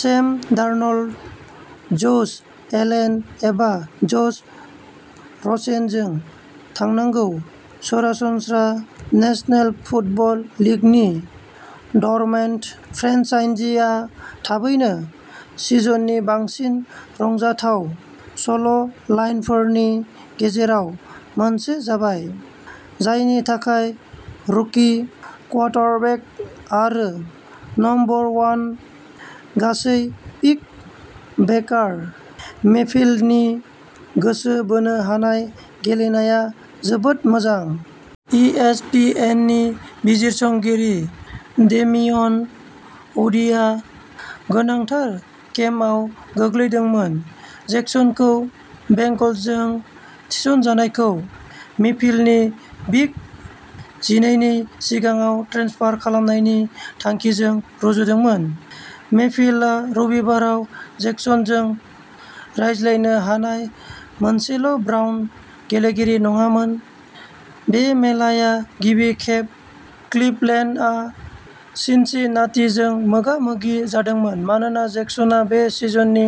Same Darnold, Josh Allen एबा Josh रसेनजों थांनांगौ। सरासनस्रा नेशनेल फुटबल लीगनि ड'रमेट फ्रेन्चाइजीआ थाबैनो सिजननि बांसिन रंजाथाव सल'लाइनफोरनि गेजेराव मोनसे जाबाय, जायनि थाखाय रुकि क्वार्टरबेक आरो नम्बर वन गासै पिक बेकार मेफील्डनि गोसो बोनो हानाय गेलेनाया जोबोद मोजां। इएसपीएननि बिजिरसंगिरि डेमियन वुडीआ गोनांथार केम्पआव गोग्लैदोंमोन, जेक्सनखौ बेंगल्सजों थिसननायखौ मेफील्डनि बिग जिनैनि सिङाव ट्रेन्सफार खालामनायनि थांखिजों रुजुदोंमोन। मेफील्डआ रबिबाराव जेक्सनजों रायज्लायनो हानाय मोनसेल'ब्राउन गेलेगिरि नङामोन। बे मेलाया गिबि खेब क्लिभलेन्डआ सिनसिनाटीजों मोगा-मोगि जादोंमोन, मानोना जेक्सनआ बे सिजननि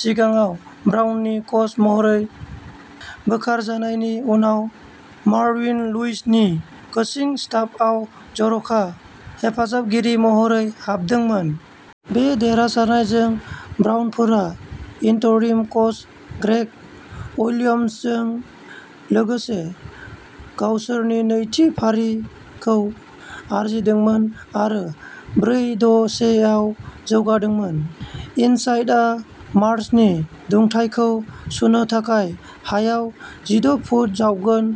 सिगाङाव ब्राउननि कच महरै बोखारजानायनि उनाव मार्विन लुइसनि कोचिं स्टाफआव जर'खा हेफाजाबगिरि महरै हाबदोंमोन। बे देरहासारनायजों, ब्राउनफोरा इन्टरिम कच ग्रेग विलियम्सजों लोगोसे गावसोरनि नैथि फारिखौ आरजिदोंमोन आरो ब्रै-द-से आव जौगादोंमोन। इनसाइटआ मार्सनि दुंथायखौ सुनो थाखाय हायाव जिद' फुट जावगोन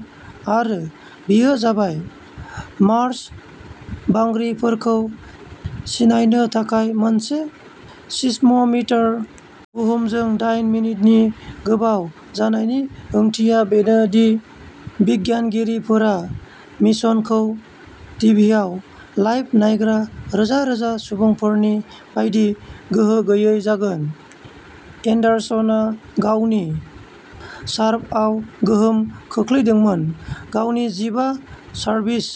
आरो बेयो जाबाय। मार्स बांग्रिफोरखौ सिनायनो थाखाय मोनसे सिसम'मिटार। बुहुमजों दाइन मिनिटनि गोबाव जानायनि ओंथिया बेनो दि बिगियानगिरिफोरा मिशनखौ टिभियाव लाइभ नायग्रा रोजा रोजा सुबुंफोरनि बायदि गोहो गैयै जागोन। एन्डारसनआ गावनि सार्भआव गोहोम खोख्लैदोंमोन, गावनि जिबा सार्भिस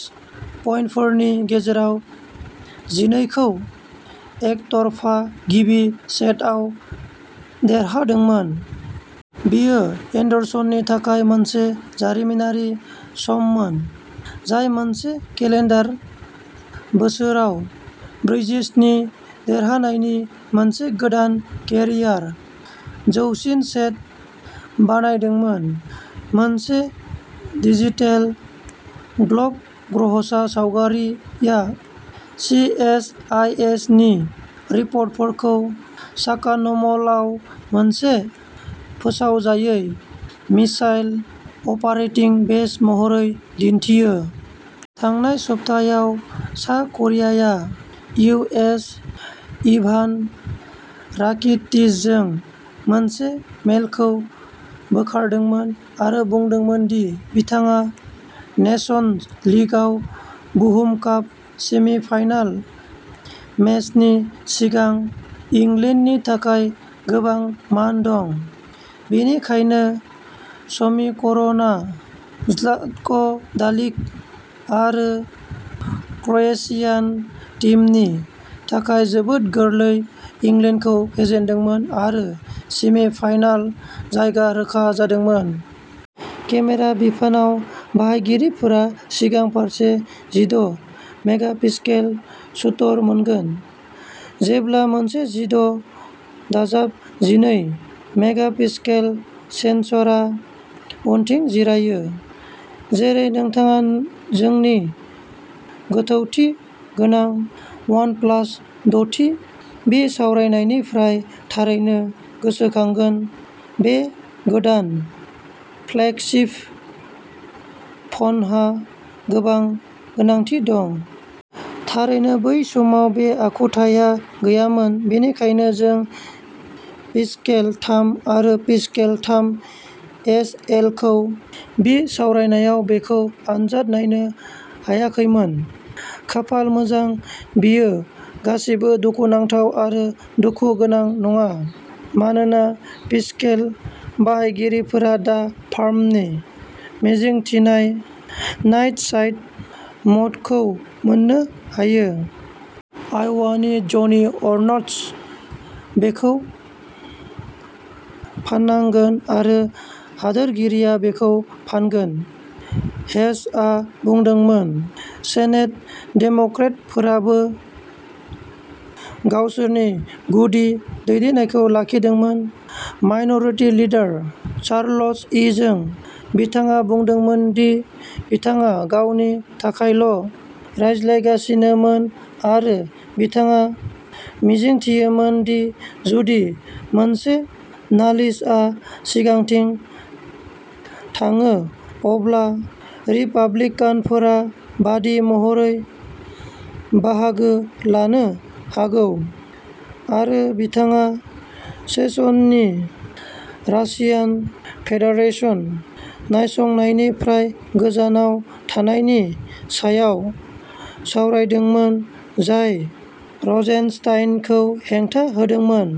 पइन्टफोरनि गेजेराव जिनैखौ एकतरफा गिबि सेटआव देरहादोंमोन। बेयो एन्डारसननि थाखाय मोनसे जारिमिनारि सममोन, जाय मोनसे केलेन्डार बोसोराव ब्रैजिस्नि देरहानायनि मोनसे गोदान केरियार जौसिन सेट बानायदोंमोन। मोनसे डिजिटेल ग्ल'ब ग्रहसा सावगारिआ सिएसआइएसनि रिपर्टफोरखौ साक्कानम'लआव मोनसे फोसावजायै मिसाइल अपारेटिं बेस महरै दिन्थियो। थांनाय सप्तायाव, सा करियाया इउ. एस. इभान राकिटिचजों मोनसे मेलखौ बोखारदोंमोन आरो बुंदोंमोन दि बिथाङा नेशन्स लीगाव बुहुम काप सेमि-फाइनाल मेचनि सिगां इंलेन्डनि थाखाय गोबां मान दं। बेनिखायनो समीकरणआ ज्लाटक'डालिक आरो क्र'एशियान टीमनि थाखाय जोबोद गोरलै, इंलेन्डखौ फेजेनदोंमोन आरो सेमि-फाइनाल जायगा रोखा जादोंमोन। केमेरा बिफानाव, बाहायगिरिफोरा सिगां फारसे जिद' मेगापिक्सेल शूटर मोनगोन। जेब्ला मोनसे जिद दाजाब नैजि मेग'पिक्सेल सेनसरा उनथिं जिरायो। जेरै नोंथाङा जोंनि गोथौथि गोनां वनप्लास दथि बिसावरायनायनिफ्राय थारैनो गोसोखांगोन, बे गोदान फ्लेगशिप फनहा गोबां गोनांथि दं। थारैनो बै समाव, बे आखुथाया गैयामोन बेनिखायनो जों पिक्सेल थाम आरो पिक्सेल थाम एस एलखौ बिसावरायनायाव बेखौ आनजाद नायनो हायाखैमोन। खाफाल मोजां, बेयो गासिबो दुखुनांथाव आरो दुखुगोनां नङा, मानोना पिक्सेल बाहायगिरिफोरा दा फार्मनि मिजिंथिनाय नाइट साइट म'डखौ मोननो हायो। आय'वानि ज'नि आर्नस्ट। बेखौ फाननांगोन, आरो हादोरगिरिया बेखौ फानगोन, हेचआ बुंदोंमोन। सेनेट डेम'क्रेटफोराबो गावसोरनि गुदि दैदेननायखौ लाखिदोंमोन, माइन'रिटि लिडार चार्ल्स इजों। बिथाङा बुंदोंमोन दि बिथाङा गावनि थाखायल' रायज्लायगासिनोमोन आरो बिथाङा मिजिंथियोमोन दि जुदि मोनसे नालिसआ सिगांथिं थाङो अब्ला रिपाब्लिकानफोरा बादी महरै बाहागो लानो हागौ आरो बिथाङा सेसन्सनि रासियान फेडारेशन नायसंनायनिफ्राय गोजानाव थानायनि सायाव सावरायदोंमोन, जाय र'जेनस्टाइनखौ हेंथा होदोंमोन।